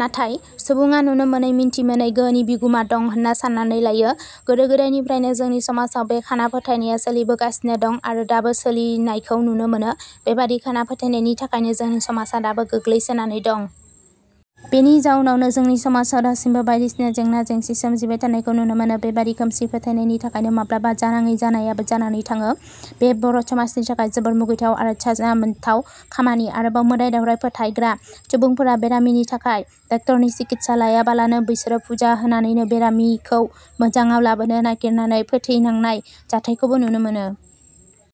नाथाय सुबुडा नुनो मोनै, मिथिमोनै गोहोनि बिगुमा दं होनना साननानै लायो। गोदो गोदायनिफ्रायनो जोंनि समाजाव बे खाना फोथायनाया सोलिबोगासिनो दं आरो दाबो सोलिनायखौ नुनो मोनो। बेबादि खाना फोथायनायनि थाखायनो जोंनि समाजा दाबो गोग्लैसोनानै दं। बेनि जाउनावनो जोंनि समाजाव दासिमबो बायदिसिना जेंना जेंंसि सोमजिबाय थानायखौ नुनो मोनो। बेबादि खोमसि फोथायनायनायनि थाखायनो माब्लाबा जानाङै जानायाबो जानानै थाङो। बे बर' समाजनि थाखाय जोबोर मुगैथाव आरो साजा मोनथाव खामानि। आरोबाव मोदाइ दावदाइ फोथायग्रा सुबुंफोरा बेरामिनि थाखाय डाक्टरनि सिकित्सा लायाबालानो बिसोरो फुजा होनानैनो बेरामिखौ मोजाडाव लाबोनो नायगिरनानै फोथैनांनाय जाथाइखौबो नुनो मोनो।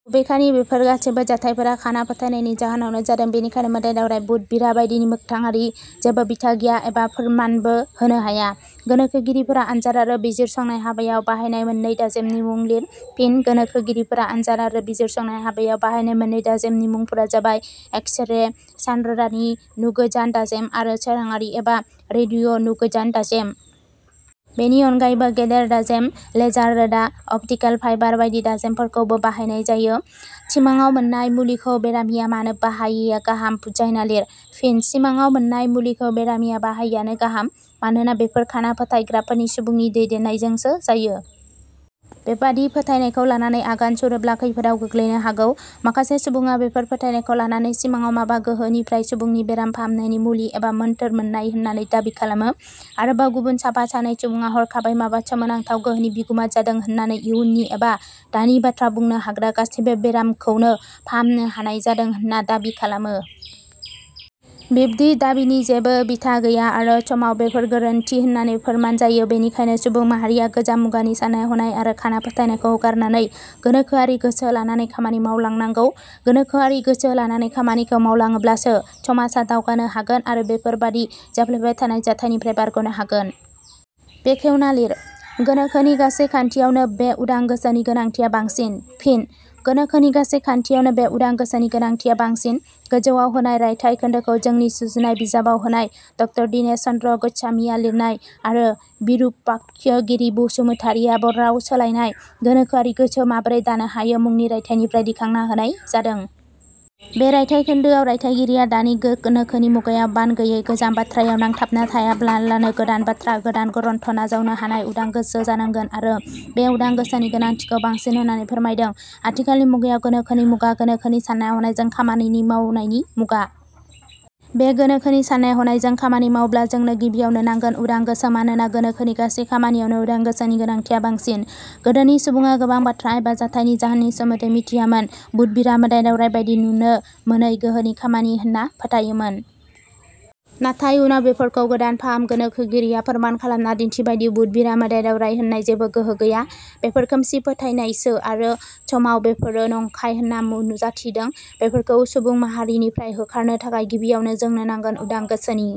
बबेखानि बेफोर गासैबो जाथाइफोरा खाना फोथायनायनि जोहानावनो जादों। बेनिखायनो मोदाइ-दावदाय, बुहुत-बिरा बायदिनि मोखथाङारि जेबो बिथा गैया एबा फोरमानबो होनो हाया।. गोनोखोगिरिफोरा आनजाद आरो बिजिरसंनाय हाबायाव बाहायनाय मोननै दाजेमनि मुं लिर। फिन: गोनोखोगिरिफोरा आनजाद आरो बिजिरसंनाय हाबायाव बाहायनाय मोननै दाजेमनि मुंफोरा जाबाय- एक्सरे सानरोदानि नुगोजान दाजेम आरो सोराडारि एबा रेडिअ' नुगोजान दाजेम। बेनि अननगायैबो गेदेर दाजेम, लेजार रोदा, अप्टिकेल फाइबार बायदि दाजेमफोरखौबो बाहायनाय जायो।. 'सिमाङाव मोननाय मुलिखौ' बेरामिया मानो बाहायैया गाहाम बुजायना लिर। फिन: सिमाडाव मोननाय मुलिखौ बेरामिया बाहायैयानो गाहाम। मानोना बेफोर खाना फोथायग्राफोरनि सुबुंनि दैदेननायजोंसो जायो। बेबादि फोथायनायखौ लानानै आगान सुरोब्ला खैफोदाव गोग्लैनो हागौ। माखासे सुबुङा बेफोर फोथायनायखौ लानानै सिमाङाव माबा गोहोनिफ्राय सुबुंनि बेराम फाहामनायनि मुलि एबा मोनथोर मोननाय होननानै दाबि खालामो। आरोबाव गुबुन साफा सानै सुबुङा हरखाबै माबा सोमोनांथाव गोहोनि बिगुमा जादों होननानै इयुननि एबा दानि बाथ्रा बुंनो हाग्रा, गासैबो बेरामखौनो फाहामनो हानाय जादों होनना दाबि खालामो। बिब्दि दाबिनि जेबो बिथा गैया आरो समाव बेफोर गोरोन्थि होननानै फोरमान जायो। बिनिखायनो सुबुं माहारिया गोजाम मुगानि साननाय हनाय आरो खाना फोथायनायखौ गारनानै गोनोखोआरि गोसो लानानै खामानि मावलांनांगौ। गोनोखोआरि गोसो लानानै खामानिखौ मावलाङोब्लासो समाजा दावगानो हागोन आरो बेफोरबादि जाफ्लेबाय थानाय जाथायनिफ्राय बारग'नो हागोन।. बेखेवना लिर: गोनोखोनि गासै खान्थियावनो बे उदां गोसोनि गोनांथिया बांसिन। फिन: "गोनोखोनि गासै खान्थियावनो बे उदां गोसोनि गोनांथिया बांसिन। " गोजौवाव होनाय रायथाइ खोनदोखौ जोंनि सुजुनाय बिजाबाव होनाय ड. दीनेश चन्द्र ग'स्वामीआ लिरनाय आरो बिरुपाक्षगिरि बसुमतारीआ राव सोलायनाय "गोनोखोआरि गोसो माबोरै दानो हायो" मुंनि रायथाइनिफ्राय दैखांना होनाय जादों। बे रायथाइ खोनदोआव रायथाइगिरिया दानि गोनोखोनि मुगायाव बान गैयै गोजाम बाथ्रायाव नांथाबना थायाबालानो गोदान बाथ्रा, गोदान गरन्थ' नाजावनो हानाय उदां गोसो जानांगोन आरो बे उदां गोसोनि गोनांथिखौ बांसिन होननानै फोरमायदों। आथिखालनि मुगाया गोनोखोनि मुगा, गोनोखोनि साननाय-हनायों खामानि मावनायनि मुगा। बे गोनोखोनि साननाय-हनायजों खामानि मावनोब्ला जोंनो गिबियावनो नांगोन उदां गोसो। मानोना गोनोखोनि गासै खामानियावनो उदां गोसोनि गोनांथिया बांसिन। गोदोनि सुबुडा गोबां बाथ्रा एबा जाथाइनि जाहोननि सोमोन्दै मिथियामोन। बुहुत-बिरा, मोदाइ-दावदाइ बायदि नुनो मोनै गोहोनि खामानि होनना फोथायोमोन। नाथाय उनाव बेफोरखौ गोदान फाहाम गोनोखोगिरिया फोरमान खालामना दिन्थिबायदि बहुत-बिरा, मोदाइ दावदाइ होननाय जेबो गोहो गैया। बेफोर खोमसि फोथायनायसो आरो समाव बेफोरो नंखाय होनना नुजाथिदों। बेफोरखौ सुबुं माहारिनिफ्राय होखारनो थाखाय गिबियावनो जोंनो नांगोन उदां गोसोनि।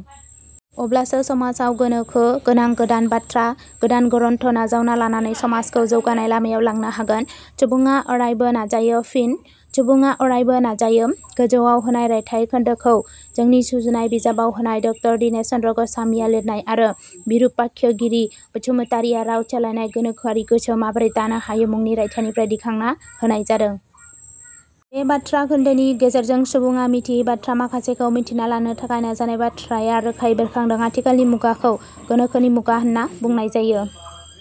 अब्लासो समाजाव गोनोखो गोनां गोदान बाथ्रा, गोदान गरन्थ' नाजावना लानानै समाजखौ जौगानाय लामायाव लांनो हागोन। सुबुङा आरायबो………….. नाजायो। फिन: "सुबुङा अरायबो…………… नाजायो। " गोजौवाव होनाय रायथाइ खोनदोखौ जोंनि सुजुनाय बिजाबाव होनाय ड. दीनेश चन्द्र ग'स्वामीआ लिरनाय आरो बिरुपाक्षगिरि बसुमतारीआ राव सोलायनाय "गोनोखोआरि गोसो माबोरै दानो हायो" मुंनि रायथाइनिफ्राय दैखांना होनाय जादों। बे बाथ्रा खोन्दोनि गेजेरजों सुबुङा मिथियै बाथ्रा माखासेखौ मिथिना लानो थाखाय नाजानाय बाथ्राया रोखायै बेरखांदों। आथिखालनि मुगाखौ गोनोखोनि मुगा होनना बुंनाय जायो।